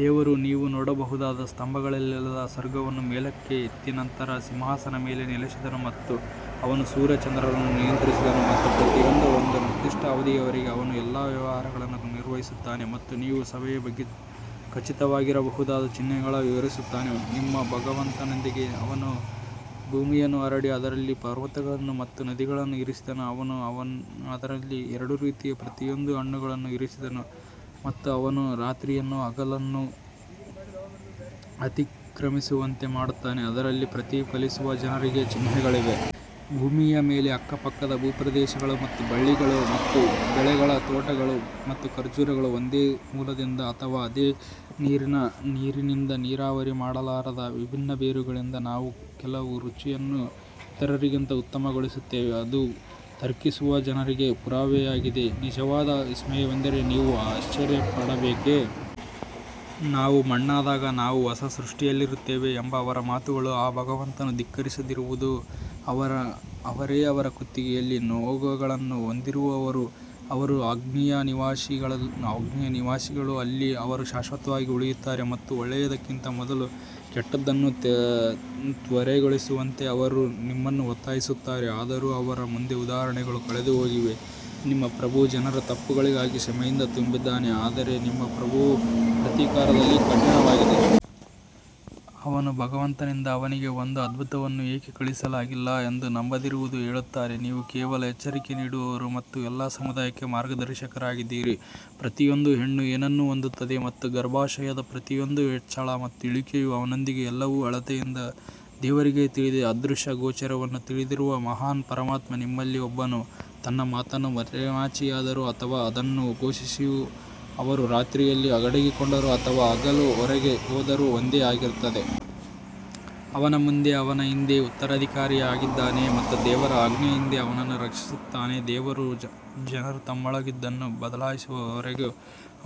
ದೇವರು ನೀವು ನೋಡಬಹುದಾದ ಸ್ತಂಭಗಳಿಲ್ಲದೆ ಸ್ವರ್ಗವನ್ನು ಮೇಲಕ್ಕೆತ್ತಿ ನಂತರ ಸಿಂಹಾಸನದ ಮೇಲೆ ನೆಲೆಸಿದನು ಮತ್ತು ಅವನು ಸೂರ್ಯ ಮತ್ತು ಚಂದ್ರನನ್ನು ನಿಯಂತ್ರಿಸಿದನು ಮತ್ತು ಪ್ರತಿಯೊಂದೂ ಒಂದು ನಿರ್ದಿಷ್ಟ ಅವಧಿಯವರೆಗೆ ಅವನು ಎಲ್ಲಾ ವ್ಯವಹಾರಗಳನ್ನು ನಿರ್ವಹಿಸುತ್ತಾನೆ ಮತ್ತು ನೀವು ಸಭೆಯ ಬಗ್ಗೆ ಖಚಿತವಾಗಿರಬಹುದಾದ ಚಿಹ್ನೆಗಳನ್ನು ವಿವರಿಸುತ್ತಾನೆ. ನಿಮ್ಮ ಭಗವಂತನೊಂದಿಗೆ ಮತ್ತು ಅವನು ಭೂಮಿಯನ್ನು ಹರಡಿ ಅದರಲ್ಲಿ ಪರ್ವತಗಳನ್ನು ಮತ್ತು ನದಿಗಳನ್ನು ಇರಿಸಿದನು ಮತ್ತು ಅವನು ಅದರಲ್ಲಿ ಎರಡು ರೀತಿಯ ಪ್ರತಿಯೊಂದು ಹಣ್ಣುಗಳನ್ನು ಇರಿಸಿದನು ಮತ್ತು ಅವನು ರಾತ್ರಿಯನ್ನು ಹಗಲನ್ನು ಅತಿಕ್ರಮಿಸುವಂತೆ ಮಾಡುತ್ತಾನೆ, ಅದರಲ್ಲಿ ಪ್ರತಿಫಲಿಸುವ ಜನರಿಗೆ ಚಿಹ್ನೆಗಳಿವೆ. ಭೂಮಿಯ ಮೇಲೆ ಅಕ್ಕಪಕ್ಕದ ಭೂಪ್ರದೇಶಗಳು ಮತ್ತು ಬಳ್ಳಿಗಳು ಮತ್ತು ಬೆಳೆಗಳ ತೋಟಗಳು ಮತ್ತು ಖರ್ಜೂರಗಳು ಒಂದೇ ಮೂಲದಿಂದ ಅಥವಾ ಅದೇ ನೀರಿನಿಂದ ನೀರಾವರಿ ಮಾಡಲಾದ ವಿಭಿನ್ನ ಬೇರುಗಳಿಂದ ನಾವು ಕೆಲವು ರುಚಿಯನ್ನು ಇತರರಿಗಿಂತ ಉತ್ತಮಗೊಳಿಸುತ್ತೇವೆ, ಅದು ತರ್ಕಿಸುವ ಜನರಿಗೆ ಪುರಾವೆಯಾಗಿದೆ. ನಿಜವಾದ ವಿಸ್ಮಯವೆಂದರೆ ನೀವು ಆಶ್ಚರ್ಯಪಡಬೇಕೇ, ನಾವು ಮಣ್ಣಾದಾಗ ನಾವು ಹೊಸ ಸೃಷ್ಟಿಯಲ್ಲಿರುತ್ತೇವೆ ಎಂಬ ಅವರ ಮಾತುಗಳು ಅವರ ಭಗವಂತನನ್ನು ಧಿಕ್ಕರಿಸಿದವರು ಅವರೇ ಅವರ ಕುತ್ತಿಗೆಯಲ್ಲಿ ನೊಗಗಳನ್ನು ಹೊಂದಿರುವವರು ಅವರು ಅಗ್ನಿಯ ನಿವಾಸಿಗಳು ಅಲ್ಲಿ ಅವರು ಶಾಶ್ವತವಾಗಿ ಉಳಿಯುತ್ತಾರೆ ಮತ್ತು ಒಳ್ಳೆಯದಕ್ಕಿಂತ ಮೊದಲು ಕೆಟ್ಟದ್ದನ್ನು ತ್ವರೆಗೊಳಿಸುವಂತೆ ಅವರು ನಿಮ್ಮನ್ನು ಒತ್ತಾಯಿಸುತ್ತಾರೆ, ಆದರೂ ಅವರ ಮುಂದೆ ಉದಾಹರಣೆಗಳು ಕಳೆದುಹೋಗಿವೆ, ನಿಮ್ಮ ಪ್ರಭು ಜನರ ತಪ್ಪುಗಳಿಗಾಗಿ ಕ್ಷಮೆಯಿಂದ ತುಂಬಿದ್ದಾನೆ ಆದರೆ ನಿಮ್ಮ ಪ್ರಭುವು ಪ್ರತೀಕಾರದಲ್ಲಿ ಕಠಿಣವಾಗಿದೆ. ಅವನ ಭಗವಂತನಿಂದ ಅವನಿಗೆ ಒಂದು ಅದ್ಭುತವನ್ನು ಏಕೆ ಕಳುಹಿಸಲಾಗಿಲ್ಲ ಎಂದು ನಂಬದಿರುವವರು ಹೇಳುತ್ತಾರೆ, ನೀವು ಕೇವಲ ಎಚ್ಚರಿಕೆ ನೀಡುವವರು ಮತ್ತು ಎಲ್ಲಾ ಸಮುದಾಯಕ್ಕೆ ಮಾರ್ಗದರ್ಶಕರಾಗಿದ್ದೀರಿ. ಪ್ರತಿಯೊಂದು ಹೆಣ್ಣು ಏನನ್ನು ಹೊಂದುತ್ತದೆ ಮತ್ತು ಗರ್ಭಾಶಯದ ಪ್ರತಿಯೊಂದು ಹೆಚ್ಚಳ ಮತ್ತು ಇಳಿಕೆಯು ಅವನೊಂದಿಗೆ ಎಲ್ಲವೂ ಅಳತೆಯಿಂದ ಎಂದು ದೇವರಿಗೆ ತಿಳಿದಿದೆ ಅದೃಶ್ಯ ಮತ್ತು ಗೋಚರವನ್ನು ತಿಳಿದಿರುವ ಮಹಾನ್ ಪರಮಾತ್ಮ ನಿಮ್ಮಲ್ಲಿ ಒಬ್ಬನು ತನ್ನ ಮಾತನ್ನು ಮರೆಮಾಚಿದರೂ ಅಥವಾ ಅದನ್ನು ಘೋಷಿಸಿದರೂ ಅವನು ರಾತ್ರಿಯಲ್ಲಿ ಅಡಗಿಕೊಂಡರೂ ಅಥವಾ ಹಗಲು ಹೊರಗೆ ಹೋದರೂ ಒಂದೇ ಆಗಿರುತ್ತದೆ. ಅವನ ಮುಂದೆ ಅವನ ಹಿಂದೆ ಉತ್ತರಾಧಿಕಾರಿಯಿದ್ದಾನೆ ಮತ್ತು ದೇವರ ಆಜ್ಞೆಯಿಂದ ಅವನನ್ನು ರಕ್ಷಿಸುತ್ತಾನೆ ದೇವರು ಜನರು ತಮ್ಮೊಳಗಿನದನ್ನು ಬದಲಾಯಿಸುವವರೆಗೆ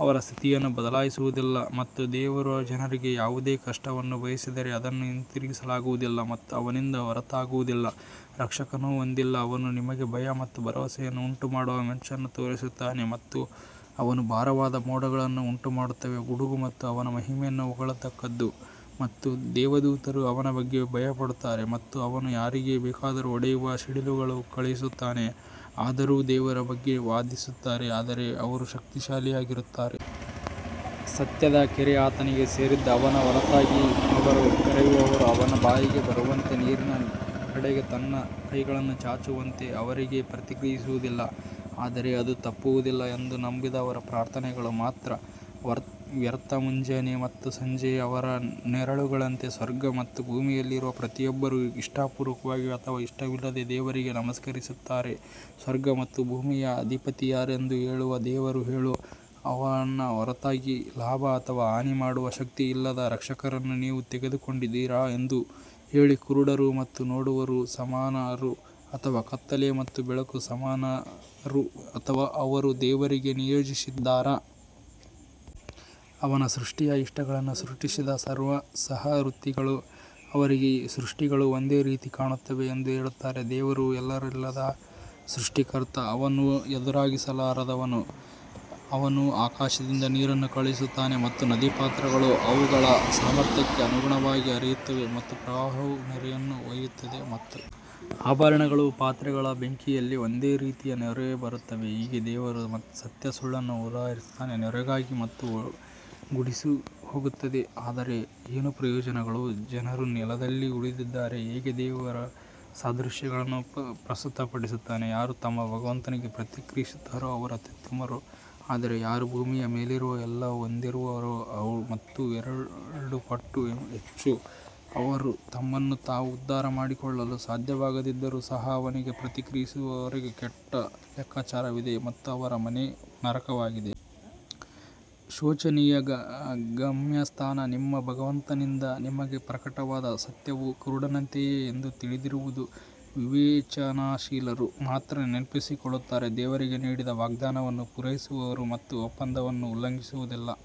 ಅವರ ಸ್ಥಿತಿಯನ್ನು ಬದಲಾಯಿಸುವುದಿಲ್ಲ ಮತ್ತು ದೇವರು ಜನರಿಗೆ ಯಾವುದೇ ಕಷ್ಟವನ್ನು ಬಯಸಿದರೆ ಅದನ್ನು ಹಿಂತಿರುಗಿಸಲಾಗುವುದಿಲ್ಲ ಮತ್ತು ಅವನಿಂದ ಹೊರತಾಗುವುದಿಲ್ಲ. ರಕ್ಷಕನನ್ನು ಹೊಂದಿಲ್ಲ ಅವನು ನಿಮಗೆ ಭಯ ಮತ್ತು ಭರವಸೆಯನ್ನು ಉಂಟುಮಾಡುವ ಮಿಂಚನ್ನು ತೋರಿಸುತ್ತಾನೆ ಮತ್ತು ಅವನು ಭಾರವಾದ ಮೋಡಗಳನ್ನು ಉಂಟುಮಾಡುತ್ತಾನೆ ಗುಡುಗು ಅವನ ಮಹಿಮೆಯನ್ನು ಹೊಗಳುತ್ತದೆ ಮತ್ತು ದೇವದೂತರು ಅವನ ಬಗ್ಗೆ ಭಯಪಡುತ್ತಾರೆ ಮತ್ತು ಅವನು ಯಾರಿಗೆ ಬೇಕಾದರೂ ಹೊಡೆಯುವ ಸಿಡಿಲುಗಳನ್ನು ಕಳುಹಿಸುತ್ತಾನೆ, ಆದರೂ ಅವರು ದೇವರ ಬಗ್ಗೆ ವಾದಿಸುತ್ತಾರೆ, ಆದರೆ ಅವರು ಶಕ್ತಿಶಾಲಿಯಾಗಿರುತ್ತಾರೆ. ಸತ್ಯದ ಕರೆ ಆತನಿಗೆ ಸೇರಿದ್ದು, ಅವನ ಹೊರತಾಗಿ ಅವರು ಕರೆಯುವವರು ಅವನ ಬಾಯಿಗೆ ಬರುವಂತೆ ನೀರಿನ ಕಡೆಗೆ ತನ್ನ ಕೈಗಳನ್ನು ಚಾಚುವವರಂತೆ ಅವರಿಗೆ ಪ್ರತಿಕ್ರಿಯಿಸುವುದಿಲ್ಲ ಆದರೆ ಅದು ತಲುಪುವುದಿಲ್ಲ ಎಂದು ನಂಬದವರ ಪ್ರಾರ್ಥನೆಗಳು ಮಾತ್ರ. ವ್ಯರ್ಥ ಮುಂಜಾನೆ ಮತ್ತು ಸಂಜೆ ಅವರ ನೆರಳುಗಳಂತೆ ಸ್ವರ್ಗ ಮತ್ತು ಭೂಮಿಯಲ್ಲಿರುವ ಪ್ರತಿಯೊಬ್ಬರೂ ಇಷ್ಟಪೂರ್ವಕವಾಗಿ ಅಥವಾ ಇಷ್ಟವಿಲ್ಲದೆ ದೇವರಿಗೆ ನಮಸ್ಕರಿಸುತ್ತಾರೆ ಸ್ವರ್ಗ ಮತ್ತು ಭೂಮಿಯ ಅಧಿಪತಿ ಯಾರೆಂದು ಹೇಳು ದೇವರು ಹೇಳು ಅವನ ಹೊರತಾಗಿ ಲಾಭ ಅಥವಾ ಹಾನಿ ಮಾಡುವ ಶಕ್ತಿಯಿಲ್ಲದ ರಕ್ಷಕರನ್ನು ನೀವು ತೆಗೆದುಕೊಂಡಿದ್ದೀರಾ ಎಂದು ಹೇಳಿ ಕುರುಡರು ಮತ್ತು ನೋಡುವವರು ಸಮಾನರು ಅಥವಾ ಕತ್ತಲೆ ಮತ್ತು ಬೆಳಕು ಸಮಾನರು ಅಥವಾ ಅವರು ದೇವರಿಗೆ ನಿಯೋಜಿಸಿದ್ದೀರಾ? ಅವನ ಸೃಷ್ಟಿಯ ಇಷ್ಟಗಳನ್ನು ಸೃಷ್ಟಿಸಿದ ಸಹವರ್ತಿಗಳು ಅವರಿಗೆ ಸೃಷ್ಟಿಗಳು ಒಂದೇ ರೀತಿ ಕಾಣುತ್ತವೆ ಎಂದು ಹೇಳುತ್ತಾರೆ ದೇವರು ಎಲ್ಲದರ ಸೃಷ್ಟಿಕರ್ತ ಮತ್ತು ಅವನು ಎದುರಿಸಲಾಗದವನು ಅವನು ಆಕಾಶದಿಂದ ನೀರನ್ನು ಕಳುಹಿಸುತ್ತಾನೆ ಮತ್ತು ನದಿಪಾತ್ರಗಳು ಅವುಗಳ ಸಾಮರ್ಥ್ಯಕ್ಕೆ ಅನುಗುಣವಾಗಿ ಹರಿಯುತ್ತವೆ ಮತ್ತು ಪ್ರವಾಹವು ನೊರೆಯನ್ನು ಒಯ್ಯುತ್ತದೆ ಮತ್ತು ಆಭರಣಗಳು ಅಥವಾ ಪಾತ್ರೆಗಳ ಬೆಂಕಿಯಲ್ಲಿ ಅದೇ ರೀತಿಯ ನೊರೆ ಬರುತ್ತದೆ, ಹೀಗೆ ದೇವರು ಸತ್ಯ ಮತ್ತು ಸುಳ್ಳನ್ನು ಉದಾಹರಿಸುತ್ತಾನೆ ನೊರೆಗಾಗಿ ಅದು ಗುಡಿಸಿಹೋಗುತ್ತದೆ ಆದರೆ ಏನು ಪ್ರಯೋಜನಗಳು ಜನರು ನೆಲದಲ್ಲಿ ಉಳಿದಿದ್ದಾರೆ ಹೀಗೆ ದೇವರು ಸಾದೃಶ್ಯಗಳನ್ನು ಪ್ರಸ್ತುತಪಡಿಸುತ್ತಾನೆ ಯಾರು ತಮ್ಮ ಭಗವಂತನಿಗೆ ಪ್ರತಿಕ್ರಿಯಿಸುತ್ತಾರೋ ಅವರು ಅತ್ಯುತ್ತಮರು ಆದರೆ ಯಾರು ಭೂಮಿಯ ಮೇಲಿರುವ ಎಲ್ಲವನ್ನೂ ಹೊಂದಿದ್ದರೂ ಮತ್ತು ಅದರ ಎರಡು ಪಟ್ಟು ಹೆಚ್ಚು ಅವರು ತಮ್ಮನ್ನು ತಾವು ಉದ್ಧಾರ ಮಾಡಿಕೊಳ್ಳಲು ಸಾಧ್ಯವಾಗದಿದ್ದರೂ ಸಹ ಅವನಿಗೆ ಪ್ರತಿಕ್ರಿಯಿಸದವರಿಗೆ ಕೆಟ್ಟ ಲೆಕ್ಕಾಚಾರವಿದೆ ಮತ್ತು ಅವರ ಮನೆ ನರಕವಾಗಿದೆ. ಶೋಚನೀಯ ಗಮ್ಯಸ್ಥಾನ ನಿಮ್ಮ ಭಗವಂತನಿಂದ ನಿಮಗೆ ಪ್ರಕಟವಾದ ಸತ್ಯವು ಕುರುಡನಂತೆಯೇ ಎಂದು ತಿಳಿದಿರುವವನು ವಿವೇಚನಾಶೀಲರು ಮಾತ್ರ ನೆನಪಿಸಿಕೊಳ್ಳುತ್ತಾರೆ ದೇವರಿಗೆ ನೀಡಿದ ವಾಗ್ದಾನವನ್ನು ಪೂರೈಸುವವರು ಮತ್ತು ಒಪ್ಪಂದವನ್ನು ಉಲ್ಲಂಘಿಸುವುದಿಲ್ಲ.